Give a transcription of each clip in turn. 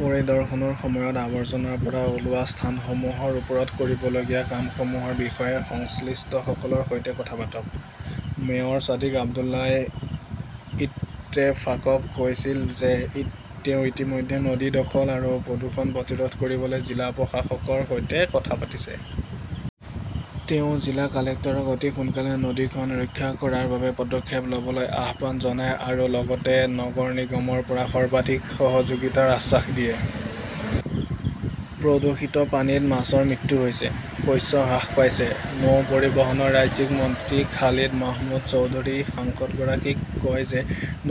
পৰিদৰ্শনৰ সময়ত আৱৰ্জনাৰ পৰা ওলোৱা স্থানসমূহৰ ওপৰত কৰিবলগীয়া কামসমূহৰ বিষয়ে সংশ্লিষ্টসকলৰ সৈতে কথা পাতক। মেয়ৰ ছাদিক আব্দুল্লাই ইত্তেফাকক কৈছিল যে তেওঁ ইতিমধ্যে নদী দখল আৰু প্ৰদূষণ প্ৰতিৰোধ কৰিবলৈ জিলা প্ৰশাসকৰ সৈতে কথা পাতিছে। তেওঁ জিলা কালেক্টৰক অতি সোনকালে নদীখন ৰক্ষা কৰাৰ বাবে পদক্ষেপ লবলৈ আহ্বান জনায় আৰু লগতে নগৰ নিগমৰ পৰা সৰ্বাধিক সহযোগিতাৰ আশ্বাস দিয়ে। প্ৰদূষিত পানীত মাছৰ মৃত্যু হৈছে, শস্য হ্ৰাস পাইছে। নৌ পৰিবহণৰ ৰাজ্যিক মন্ত্ৰী খালিদ মাহমুদ চৌধুৰী সাংসদগৰাকীক কয় যে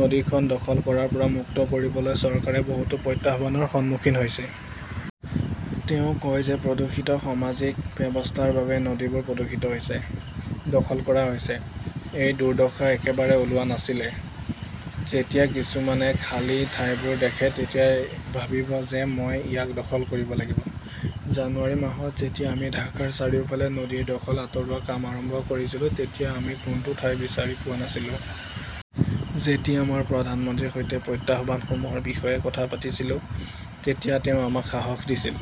নদীখন দখল কৰাৰ পৰা মুক্ত কৰিবলৈ চৰকাৰে বহুতো প্ৰত্যাহ্বানৰ সন্মুখীন হৈছে। তেওঁ কয় যে প্ৰদূষিত সামাজিক ব্যৱস্থাৰ বাবে নদীবোৰ প্ৰদূষিত হৈছে, দখল কৰা হৈছে। এই দুৰ্দশা একেবাৰে ওলোৱা নাছিলে, যেতিয়া কিছুমানে খালী ঠাইবোৰ দেখে তেতিয়া ভাবিব যে মই ইয়াক দখল কৰিব লাগিব। জানুৱাৰী মাহত যেতিয়া আমি ঢাকাৰ চাৰিওফালে নদীৰ দখল আঁতৰোৱা কাম আৰম্ভ কৰিছিলো তেতিয়া আমি কোনটো ঠাই বিচাৰি পোৱা নাছিলো। যেতিয়া মই প্ৰধানমন্ত্ৰীৰ সৈতে প্ৰত্যাহ্বানসমূহৰ বিষয়ে কথা পাতিছিলোঁ, তেতিয়া তেওঁ আমাক সাহস দিছিল।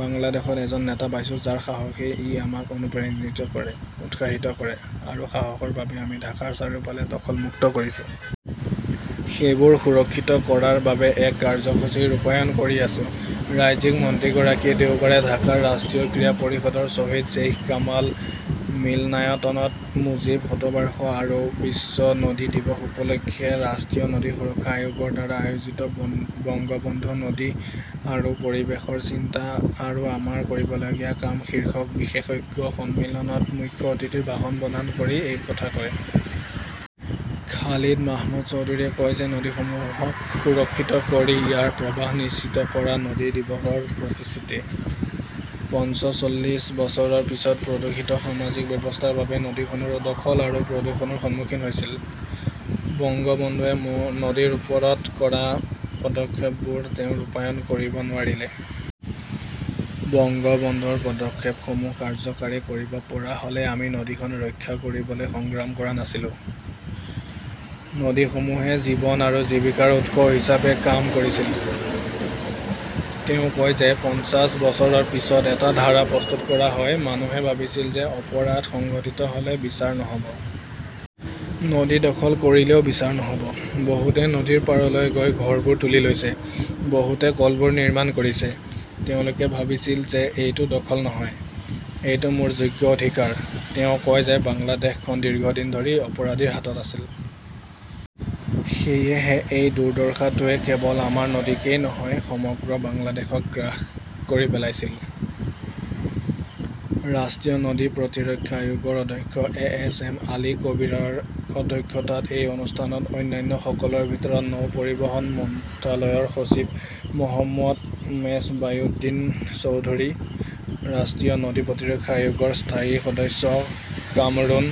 বাংলাদেশত এজন নেতা পাইছো যাৰ সাহসেই ই আমাক অনুপ্ৰাণিত কৰে, উৎসাহিত কৰে। তেওঁৰ সাহসৰ বাবেই আমি ঢাকাৰ চাৰিওফালৰ দখল মুক্ত কৰিছো। সেইবোৰ সুৰক্ষিত কৰাৰ বাবে এক কাৰ্যসূচী ৰূপায়ণ কৰি আছো। ৰাজ্যিক মন্ত্ৰীগৰাকীয়ে দেওবাৰে ঢাকাৰ ৰাষ্ট্ৰীয় ক্ৰীড়া পৰিষদৰ শ্বহীদ শ্বেইখ কামাল মিলনায়তনত মুজীব শতবাৰ্ষ আৰু বিশ্ব নদী দিৱস উপলক্ষে ৰাষ্ট্ৰীয় নদী সুৰক্ষা আয়োগৰ দ্বাৰা আয়োজিত বঙ্গবন্ধু নদী আৰু পৰিৱেশৰ চিন্তা আৰু আমাৰ কৰিবলগীয়া কাম শীৰ্ষক বিশেষজ্ঞ সন্মিলনত মুখ্য অতিথিৰ ভাষণ প্ৰদান কৰি এই কথা কয়। খালিদ মাহমুদ চৌধুৰীয়ে কয় যে নদীসমূহক সুৰক্ষিত কৰি ইয়াৰ প্ৰবাহ নিশ্চিত কৰা-নদী দিৱসৰ প্ৰতিশ্ৰুতি। পঞ্চচল্লিশ বছৰৰ পিছত প্ৰদূষিত সামাজিক ব্যৱস্থাৰ বাবে নদীবোৰো দখল আৰু প্ৰদূষণৰ সন্মুখীন হৈছিল। বংগবন্ধুৱে মো নদীৰ ওপৰত কৰা পদক্ষেপবোৰ তেওঁ ৰূপায়ণ কৰিব নোৱাৰিলে। বংগবন্ধুৰ পদক্ষেপসমূহ কাৰ্যকৰী কৰিব পৰা হ'লে আমি নদীখন ৰক্ষা কৰিবলৈ সংগ্ৰাম কৰা নাছিলো। নদীসমূহে জীৱন আৰু জীৱিকাৰ উৎস হিচাপে কাম কৰিছিল। তেওঁ কয় যে পঞ্চাশ বছৰৰ পিছত এটা ধাৰা প্ৰস্তুত কৰা হয়, মানুহে ভাবিছিল যে অপৰাধ সংঘটিত হ'লে বিচাৰ নহব। নদী দখল কৰিলেও বিচাৰ নহব। বহুতে নদীৰ পাৰলৈ গৈ ঘৰবোৰ তুলি লৈছে, বহুতে কলবোৰ নিৰ্মাণ কৰিছে। তেওঁলোকে ভাবিছিল যে এইটো দখল নহয়, এইটো মোৰ যোগ্য অধিকাৰ। তেওঁ কয় যে বাংলাদেশ খন দীৰ্ঘদিন ধৰি অপৰাধীৰ হাতত আছিল। সেয়েহে, এই দুৰ্দশাটোৱে কেৱল আমাৰ নদীকেই নহয়, সমগ্ৰ বাংলাদেশক গ্ৰাস কৰি পেলাইছিল । ৰাষ্ট্ৰীয় নদী প্ৰতিৰক্ষা আয়োগৰ অধ্যক্ষ এ. এছ. এম. আলী কবীৰৰ অধ্যক্ষতাত এই অনুষ্ঠানত অন্যান্যসকলৰ ভিতৰত নৌ পৰিবহণ মন্ত্ৰালয়ৰ সচিব মহম্মদ মেজবাহউদ্দিন চৌধুৰী, ৰাষ্ট্ৰীয় নদী প্ৰতিৰক্ষা আয়োগৰ স্থায়ী সদস্য কামৰুন